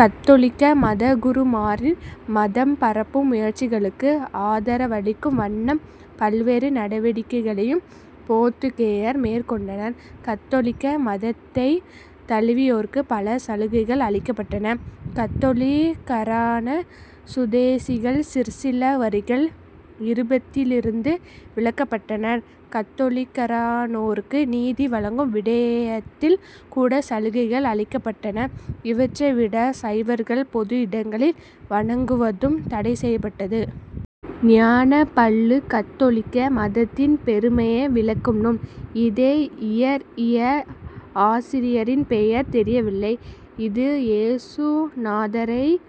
கத்தோலிக்க மதகுருமாரின் மதம்பரப்பும் முயற்சிகளுக்கு ஆதரவளிக்கும் வண்ணம் பல்வேறு நடவடிக்கைகளையும் போத்துக்கேயர் மேற்கொண்டனர். கத்தோலிக்க மதத்தைத் தழுவியோருக்குப் பல சலுகைகள் அளிக்கப்பட்டன. கத்தோலிக்கரான சுதேசிகள் சிற்சில வரிகள் இறுப்பதிலிருந்து விலக்கபட்டனர். கத்தோலிக்கரானோருக்கு நீதி வழங்கும் விடயத்தில் கூட சலுகைகள் அளிக்கப்பட்டன. இவற்றைவிட சைவர்கள் பொது இடங்களில் வணங்குவதும் தடைசெய்யப்பட்டது. ஞானப்பள்ளு கத்தோலிக்க மதத்தின் பெருமையை விளக்கும் நூல். இதை இயற்யிய ஆசிரியரின் பெயர் தெரியவில்லை. இது இயேசுநாதரைப்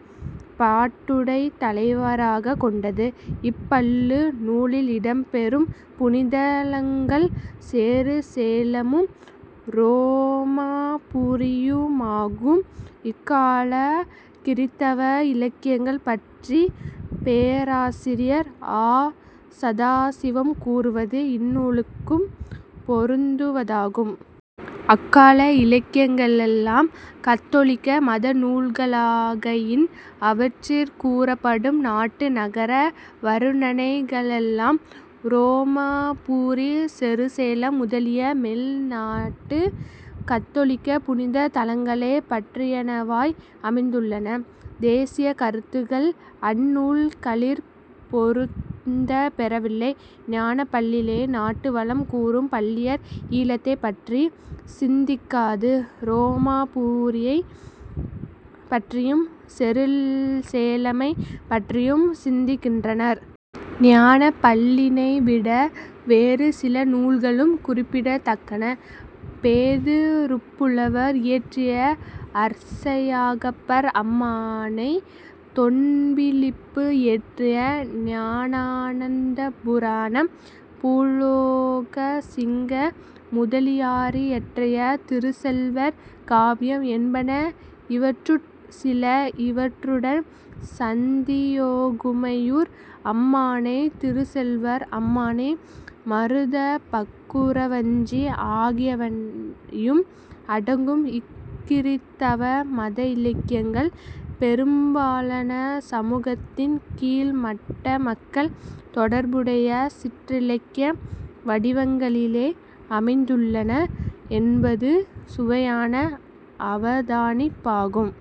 பாட்டுடைத் தலைவராகக் கொண்டது. இப் பள்ளு நூலில் இடம் பெறும் புனிதத் தலங்கள் செரு சேலமும் உரோமாபுரியுமாகும். இக்காலக் கிறித்தவ இலக்கியங்கள் பற்றி பேராசிரியர் ஆ. சதாசிவம் கூறுவது இந்நூலுக்கும் பொருந்துவதாகும். "அக்கால இலக்கியங்களெல்லாம் கத்தோலிக்க மத நூல்களாகையின் அவற்றிற் கூறப்படும் நாட்டு நகர வருணனைகளெல்லாம் உரோமாபுரி செருசேலம் முதலிய மேல் நாட்டுக் கத்தோலிக்க புனித தலங்களைப் பற்றியனவாய் அமைந்துள்ளன. தேசியக் கருத்துக்கள் அந் நூல்களிற் பொருந்தப்பெறவில்லை. ஞானப்பள்ளிலே நாட்டு வளம் கூறும் பள்ளியர் ஈழத்தைப் பற்றிச் சிந்திக்காது உரோமாபுரியைப் பற்றியும் செருசேலமைப் பற்றியும் சிந்திக்கின்றனர். ஞானப்பள்ளினைவிட வேறு சில நூல்களும் குறிப்பிடத்தக்கன. பேதுருப்புலவர் இயற்றிய அர்ச்யாகப்பர் அம்மானை, தொன்பிலிப்பு இயற்றிய ஞானானந்தபுராணம், பூலோக சிங்க முதலியாரியற்றிய திருச்செல்வர் காவியம் என்பன இவற்றுட் சில. இவற்றுடன் சந்தியோகுமையூர் அம்மானை, திருச்செல்வர் அம்மானை, மருதப்பக்குறவஞ்சி ஆகியவையும் அடங்கும். இக் கிறித்தவ மத இலக்கியங்கள் பெரும்பாலன சமூகத்தின் கீழ்மட்ட மக்கள் தொடர்புடைய சிற்றிலக்கிய வடிவங்களிலே அமைந்துள்ளன என்பதும் சுவையான அவதானிப்பாகும்.